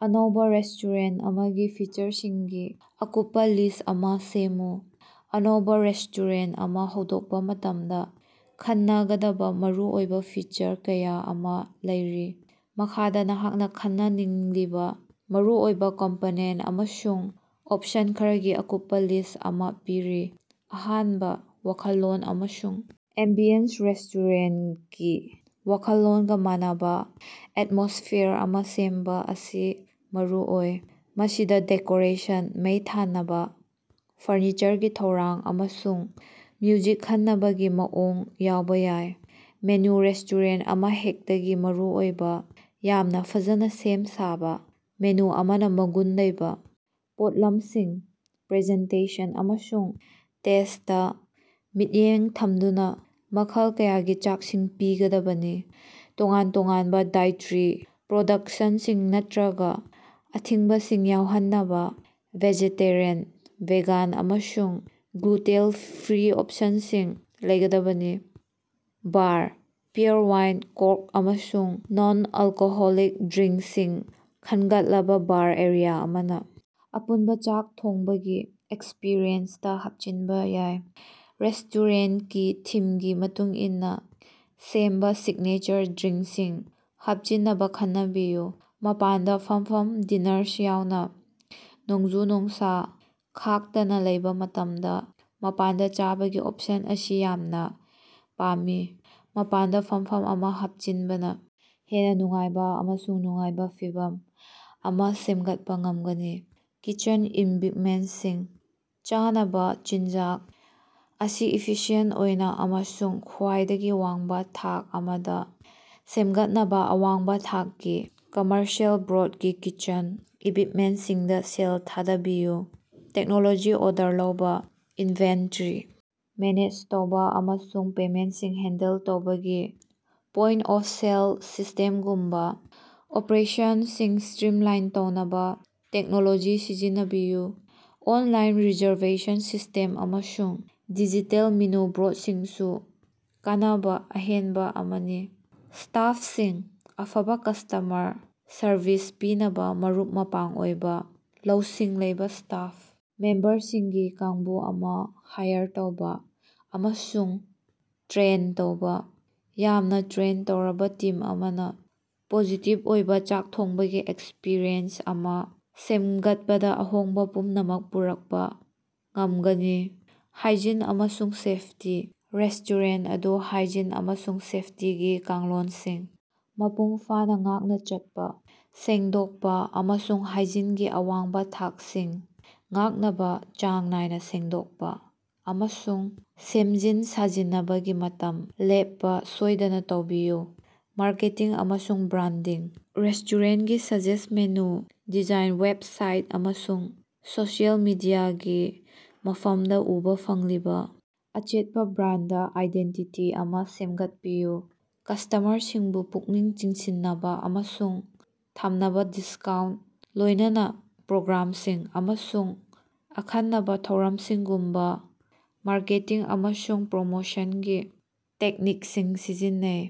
ꯑꯅꯧꯕꯥ ꯔꯦꯁꯇꯣꯔꯦꯟ ꯑꯃꯒꯤ ꯐꯤꯆꯔꯁꯤꯡꯒꯤ ꯑꯀꯨꯞꯄꯥ ꯂꯤꯁ ꯑꯃ ꯁꯦꯝꯃꯨ꯫ ꯑꯅꯧꯕꯥ ꯔꯦꯁꯇꯣꯔꯦꯟ ꯑꯃ ꯍꯧꯗꯣꯛꯄ ꯃꯇꯝꯗ ꯈꯟꯅꯒꯗꯕꯥ ꯃꯔꯨꯑꯣꯏꯕ ꯐꯤꯆꯔ ꯀꯌꯥ ꯑꯃ ꯂꯩꯔꯤ꯫ ꯃꯈꯥꯗ ꯅꯍꯥꯛꯅ ꯈꯟꯅꯅꯤꯡꯂꯤꯕꯥ ꯃꯔꯨꯑꯣꯏꯕ ꯀꯝꯄꯣꯅꯦꯟ ꯑꯃꯁꯨꯡ ꯑꯣꯞꯁꯟ ꯈꯔꯒꯤ ꯑꯀꯨꯞꯄꯥ ꯂꯤꯁ ꯑꯃ ꯄꯤꯔꯤ: ꯑꯍꯥꯟꯕ:ꯋꯥꯈꯜꯂꯣꯟ ꯑꯃꯁꯨꯡ ꯑꯦꯝꯕꯤꯌꯟꯁ: ꯔꯦꯁꯇꯣꯔꯦꯟꯀꯤ ꯋꯥꯈꯜꯂꯣꯟꯒ ꯃꯥꯟꯅꯕ ꯑꯦꯠꯃꯣꯁꯐꯤꯌꯥꯔ ꯑꯃ ꯁꯦꯝꯕ ꯑꯁꯤ ꯃꯔꯨꯑꯣꯏ꯫ ꯃꯁꯤꯗ ꯗꯦꯀꯣꯔꯦꯁꯟ, ꯃꯩ ꯊꯥꯟꯅꯕ, ꯐꯔꯅꯤꯆꯔꯒꯤ ꯊꯧꯔꯥꯡ, ꯑꯃꯁꯨꯡ ꯃ꯭ꯌꯨꯖꯤꯛ ꯈꯟꯅꯕꯒꯤ ꯃꯑꯣꯡ ꯌꯥꯎꯕ ꯌꯥꯏ꯫ ꯃꯦꯅꯨ: ꯔꯦꯁꯇꯣꯔꯦꯟ ꯑꯃꯍꯦꯛꯇꯒꯤ ꯃꯔꯨꯑꯣꯏꯕ, ꯌꯥꯝꯅ ꯐꯖꯅ ꯁꯦꯝ ꯁꯥꯕ ꯃꯦꯅꯨ ꯑꯃꯅ ꯃꯒꯨꯟ ꯂꯩꯕ ꯄꯣꯠꯂꯝꯁꯤꯡ, ꯄ꯭ꯔꯖꯦꯟꯇꯦꯁꯟ ꯑꯃꯁꯨꯡ ꯇꯦꯁꯇꯥ ꯃꯤꯠꯌꯦꯡ ꯊꯝꯗꯨꯅꯥ ꯃꯈꯜ ꯀꯌꯥꯒꯤ ꯆꯥꯛꯁꯤꯡ ꯄꯤꯒꯗꯕꯅꯤ꯫ ꯇꯣꯉꯥꯟ-ꯇꯣꯉꯥꯟꯕ ꯗꯥꯏꯑꯦꯇꯔꯤ ꯄꯔꯣꯗꯛꯁꯟꯁꯤꯡ ꯅꯠꯇ꯭ꯔꯒꯥ ꯑꯊꯤꯡꯕꯁꯤꯡꯗꯨ ꯌꯥꯎꯍꯟꯅꯕꯥ ꯚꯦꯖꯦꯇꯦꯔꯤꯌꯥꯟ, ꯚꯦꯒꯥꯟ ꯑꯃꯁꯨꯡ ꯒ꯭ꯂꯨꯇꯦꯟ-ꯐ꯭ꯔꯤ ꯑꯣꯞꯁꯟꯁꯤꯡ ꯂꯩꯒꯗꯕꯅꯤ꯫ ꯕꯥꯔ: ꯕꯤꯌꯔ, ꯋꯥꯏꯟ, ꯀꯣꯛ, ꯑꯃꯁꯨꯡ ꯅꯟ-ꯑꯜꯀꯣꯍꯣꯂꯤꯛ ꯗ꯭ꯔꯤꯡꯁꯤꯡꯒꯤ ꯈꯟꯒꯠꯂꯕꯥ ꯕꯥꯔ ꯑꯦꯔꯤꯌꯥ ꯑꯃꯅ ꯑꯄꯨꯟꯕ ꯆꯥꯛ ꯊꯣꯡꯕꯒꯤ ꯑꯦꯛꯁꯄꯔꯤꯌꯦꯟꯁꯇ ꯍꯥꯞꯆꯤꯟꯕ ꯌꯥꯏ꯫ ꯔꯦꯁꯇꯣꯔꯦꯟꯀꯤ ꯊꯤꯝꯒꯤ ꯃꯇꯨꯡ ꯏꯟꯅ ꯁꯦꯝꯕ ꯁꯤꯒꯅꯦꯆꯔ ꯗ꯭ꯔꯤꯡꯁꯤꯡ ꯍꯥꯞꯆꯤꯟꯅꯕ ꯈꯟꯅꯕꯤꯌꯨ꯫ ꯃꯄꯥꯟꯗ ꯐꯝꯐꯝ: ꯗꯥꯏꯅꯥꯔꯁ ꯀꯌꯥꯅ ꯅꯣꯡꯖꯨ-ꯅꯨꯡꯁꯥ ꯈꯥꯛꯇꯅ ꯂꯩꯕ ꯃꯇꯝꯗ ꯃꯄꯥꯟꯗ ꯆꯥꯕꯒꯤ ꯑꯣꯞꯁꯟ ꯑꯁꯤ ꯌꯥꯝꯅ ꯄꯥꯝꯃꯤ꯫ ꯃꯄꯥꯟꯗ ꯐꯝꯐꯝ ꯑꯃ ꯍꯥꯞꯆꯤꯟꯕꯅ ꯍꯦꯟꯅ ꯅꯨꯡꯉꯥꯏꯕ ꯑꯃꯁꯨꯡ ꯅꯨꯡꯉꯥꯏꯕ ꯐꯤꯚꯝ ꯑꯃ ꯁꯦꯝꯒꯠꯄ ꯉꯝꯒꯅꯤ꯫ ꯀꯤꯆꯟ ꯏꯛꯕꯤꯞꯃꯦꯟꯁꯤꯡ: ꯆꯥꯅꯕ ꯆꯤꯟꯖꯥꯛ ꯑꯁꯤ ꯏꯐꯤꯁꯤꯌꯦꯟ ꯑꯣꯏꯅ ꯑꯃꯁꯨꯡ ꯈ꯭ꯋꯥꯏꯗꯒꯤ ꯋꯥꯡꯕ ꯊꯥꯛ ꯑꯃꯗ ꯁꯦꯝꯒꯠꯅꯕ ꯑꯋꯥꯡꯕ ꯊꯥꯛꯀꯤ, ꯀꯝꯃꯔꯁꯤꯑꯦꯜ ꯒ꯭ꯔꯦꯠꯀꯤ ꯀꯤꯆꯟ ꯏꯛꯕꯤꯞꯃꯦꯟꯁꯤꯡꯗ ꯁꯦꯜ ꯊꯥꯗꯕꯤꯌꯨ꯫ ꯇꯦꯛꯅꯣꯂꯣꯖꯤ: ꯑꯣꯔꯗꯔ ꯂꯧꯕꯥ, ꯏꯅꯚꯦꯟꯇꯔꯤ ꯃꯦꯅꯦꯖ ꯇꯧꯕ, ꯑꯃꯁꯨꯡ ꯄꯦꯃꯦꯟꯁꯤꯡ ꯍꯦꯟꯗꯜ ꯇꯧꯕꯒꯤ ꯄꯣꯏꯟꯇ-ꯑꯣꯐ-ꯁꯦꯜ ꯁꯤꯁꯇꯦꯝꯒꯨꯝꯕꯥ ꯑꯣꯄꯔꯦꯁꯟꯁꯤꯡ ꯁ꯭ꯇꯔꯤꯝꯂꯥꯏꯟ ꯇꯧꯅꯕ ꯇꯦꯛꯅꯣꯂꯣꯖꯤ ꯁꯤꯖꯤꯟꯅꯕꯤꯌꯨ꯫ ꯑꯣꯟꯂꯥꯏꯟ ꯔꯤꯖꯔꯕꯦꯁꯟ ꯁꯤꯁꯇꯦꯝ ꯑꯃꯁꯨꯡ ꯗꯤꯖꯤꯇꯦꯜ ꯃꯦꯅꯨ ꯕꯣꯔꯠꯁꯤꯡꯁꯨ ꯀꯥꯟꯅꯕ ꯑꯍꯦꯟꯕ ꯑꯃꯅꯤ꯫ ꯁ꯭ꯇꯥꯐꯁꯤꯡ: ꯑꯐꯕ ꯀꯁꯇꯃꯔ ꯁꯔꯕꯤꯁ ꯄꯤꯅꯕ ꯃꯔꯨꯞ-ꯃꯄꯥꯡ ꯑꯣꯏꯕ, ꯂꯧꯁꯤꯡ ꯂꯩꯕꯥ ꯁ꯭ꯇꯥꯐ ꯃꯦꯝꯕꯔꯁꯤꯡꯒꯤ ꯀꯥꯡꯕꯨ ꯑꯃ ꯍꯥꯏꯌꯔ ꯇꯧꯕ ꯑꯃꯁꯨꯡ ꯇ꯭ꯔꯦꯟ ꯇꯧꯕ꯫ ꯌꯥꯝꯅ ꯇ꯭ꯔꯦꯟ ꯇꯧꯔꯕ ꯇꯤꯝ ꯑꯃꯅ ꯄꯣꯖꯤꯇꯤꯕ ꯑꯣꯏꯕ ꯆꯥꯛ ꯊꯣꯡꯕꯒꯤ ꯑꯦꯛꯁꯄꯔꯤꯌꯦꯟꯁ ꯑꯃ ꯁꯦꯝꯒꯠꯄꯗ ꯑꯍꯣꯡꯕ ꯄꯨꯝꯅꯃꯛ ꯄꯨꯔꯛꯄ ꯉꯝꯒꯅꯤ꯫ ꯍꯥꯏꯖꯤꯟ ꯑꯃꯁꯨꯡ ꯁꯦꯐꯇꯤ: ꯔꯦꯁꯇꯣꯔꯦꯟ ꯑꯗꯨ ꯍꯛꯁꯦꯜ ꯑꯃꯁꯨꯡ ꯁꯦꯐꯇꯤꯒꯤ ꯀꯥꯡꯂꯣꯟꯁꯤꯡ ꯃꯄꯨꯡ ꯐꯥꯅ ꯉꯥꯛꯅ ꯆꯠꯄ, ꯁꯦꯡꯗꯣꯛꯄ ꯑꯃꯁꯨꯡ ꯍꯥꯏꯖꯤꯟꯒꯤ ꯑꯋꯥꯡꯕ ꯊꯥꯛꯁꯤꯡ ꯉꯥꯛꯅꯕ ꯆꯥꯡ ꯅꯥꯏꯅ ꯁꯦꯡꯗꯣꯛꯄ ꯑꯃꯁꯨꯡ ꯁꯦꯝꯖꯤꯟ-ꯁꯥꯖꯤꯟꯅꯕꯒꯤ ꯃꯇꯝ ꯂꯦꯞꯄꯥ ꯁꯣꯏꯗꯅ ꯇꯧꯕꯤꯌꯨ꯫ ꯃꯥꯔꯀꯦꯇꯤꯡ ꯑꯃꯁꯨꯡ ꯕ꯭ꯔꯥꯟꯗꯤꯡ: ꯔꯦꯁꯇꯣꯔꯦꯟꯀꯤ ꯁꯥꯏꯟꯖꯦꯖ, ꯃꯦꯅꯨ ꯗꯤꯖꯥꯏꯟ, ꯋꯦꯕꯁꯥꯏꯠ, ꯑꯃꯁꯨꯡ ꯁꯣꯁꯤꯑꯦꯜ ꯃꯤꯗꯤꯌꯥꯒꯤ ꯃꯐꯝꯗ ꯎꯕ ꯐꯪꯂꯤꯕ ꯑꯆꯦꯠꯄ ꯕ꯭ꯔꯥꯟꯗ ꯑꯥꯏꯗꯦꯟꯇꯤꯇꯤ ꯑꯃ ꯁꯦꯝꯒꯠꯄꯤꯌꯨ꯫ ꯀꯁꯇꯃꯔꯁꯤꯡꯕꯨ ꯄꯨꯛꯅꯤꯡ ꯆꯤꯡꯁꯤꯟꯅꯕ ꯑꯃꯁꯨꯡ ꯊꯝꯅꯕꯥ ꯗꯤꯁꯀꯥꯎꯟ, ꯂꯣꯏꯅꯅꯥ ꯄ꯭ꯔꯣꯒ꯭ꯔꯥꯝꯁꯤꯡ, ꯑꯃꯁꯨꯡ ꯑꯈꯟꯅꯕꯥ ꯊꯧꯔꯝꯁꯤꯡꯒꯨꯝꯕ ꯃꯥꯔꯀꯦꯇꯤꯡ ꯑꯃꯁꯨꯡ ꯄ꯭ꯔꯃꯣꯁꯟꯒꯤ ꯇꯦꯛꯅꯤꯛꯁꯤꯡ ꯁꯤꯖꯤꯟꯅꯩ꯫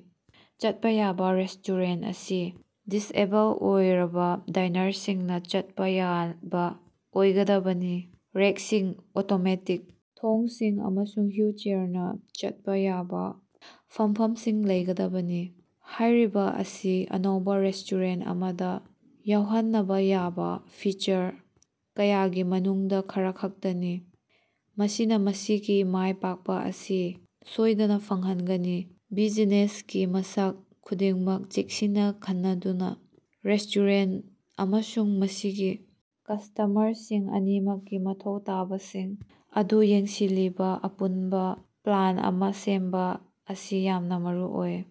ꯆꯠꯄ ꯌꯥꯕ: ꯔꯦꯁꯇꯣꯔꯦꯟ ꯑꯁꯤ ꯗꯤꯁꯑꯦꯕꯜ ꯑꯣꯏꯔꯕ ꯗꯥꯏꯅꯥꯔꯁꯁꯤꯡꯅ ꯆꯠꯄ ꯌꯥꯕ ꯑꯣꯏꯒꯗꯕꯅꯤ, ꯔꯦꯛꯁꯤꯡ, ꯑꯣꯇꯣꯃꯦꯇꯤꯛ ꯊꯣꯡꯁꯤꯡ, ꯑꯃꯁꯨꯡ ꯍꯨꯏꯜꯆꯦꯌꯥꯔꯅꯥ ꯆꯠꯄꯥ ꯌꯥꯕ ꯐꯝꯐꯝꯁꯤꯡ ꯂꯩꯒꯗꯕꯅꯤ꯫ ꯍꯥꯏꯔꯤꯕ ꯑꯁꯤ ꯑꯅꯧꯕ ꯔꯦꯁꯇꯣꯔꯦꯟ ꯑꯃꯗ ꯌꯥꯎꯍꯟꯅꯕ ꯌꯥꯕ ꯐꯤꯆꯔ ꯀꯌꯥꯒꯤ ꯃꯅꯨꯡꯗꯥ ꯈꯔꯈꯛꯇꯅꯤ, ꯃꯁꯤꯅ ꯃꯁꯤꯒꯤ ꯃꯥꯢ ꯄꯥꯛꯄ ꯑꯁꯤ ꯁꯣꯏꯗꯅꯥ ꯐꯪꯍꯟꯒꯅꯤ꯫ ꯕꯤꯖꯤꯅꯦꯁꯀꯤ ꯃꯁꯛ ꯈꯨꯗꯤꯡꯃꯛ ꯆꯦꯛꯁꯤꯟꯅ ꯈꯟꯅꯗꯨꯅꯥ ꯔꯦꯁꯇꯣꯔꯦꯟ ꯑꯃꯁꯨꯡ ꯃꯁꯤꯒꯤ ꯀꯁꯇꯃꯔꯁꯤꯡ ꯑꯅꯤꯃꯛꯀꯤ ꯃꯊꯧ ꯇꯥꯕꯁꯤꯡ ꯑꯗꯨ ꯌꯦꯡꯁꯤꯜꯂꯤꯕ ꯑꯄꯨꯟꯕ ꯄ꯭ꯂꯥꯟ ꯑꯃ ꯁꯦꯝꯕꯥ ꯑꯁꯤ ꯌꯥꯝꯅ ꯃꯔꯨꯑꯣꯏ꯫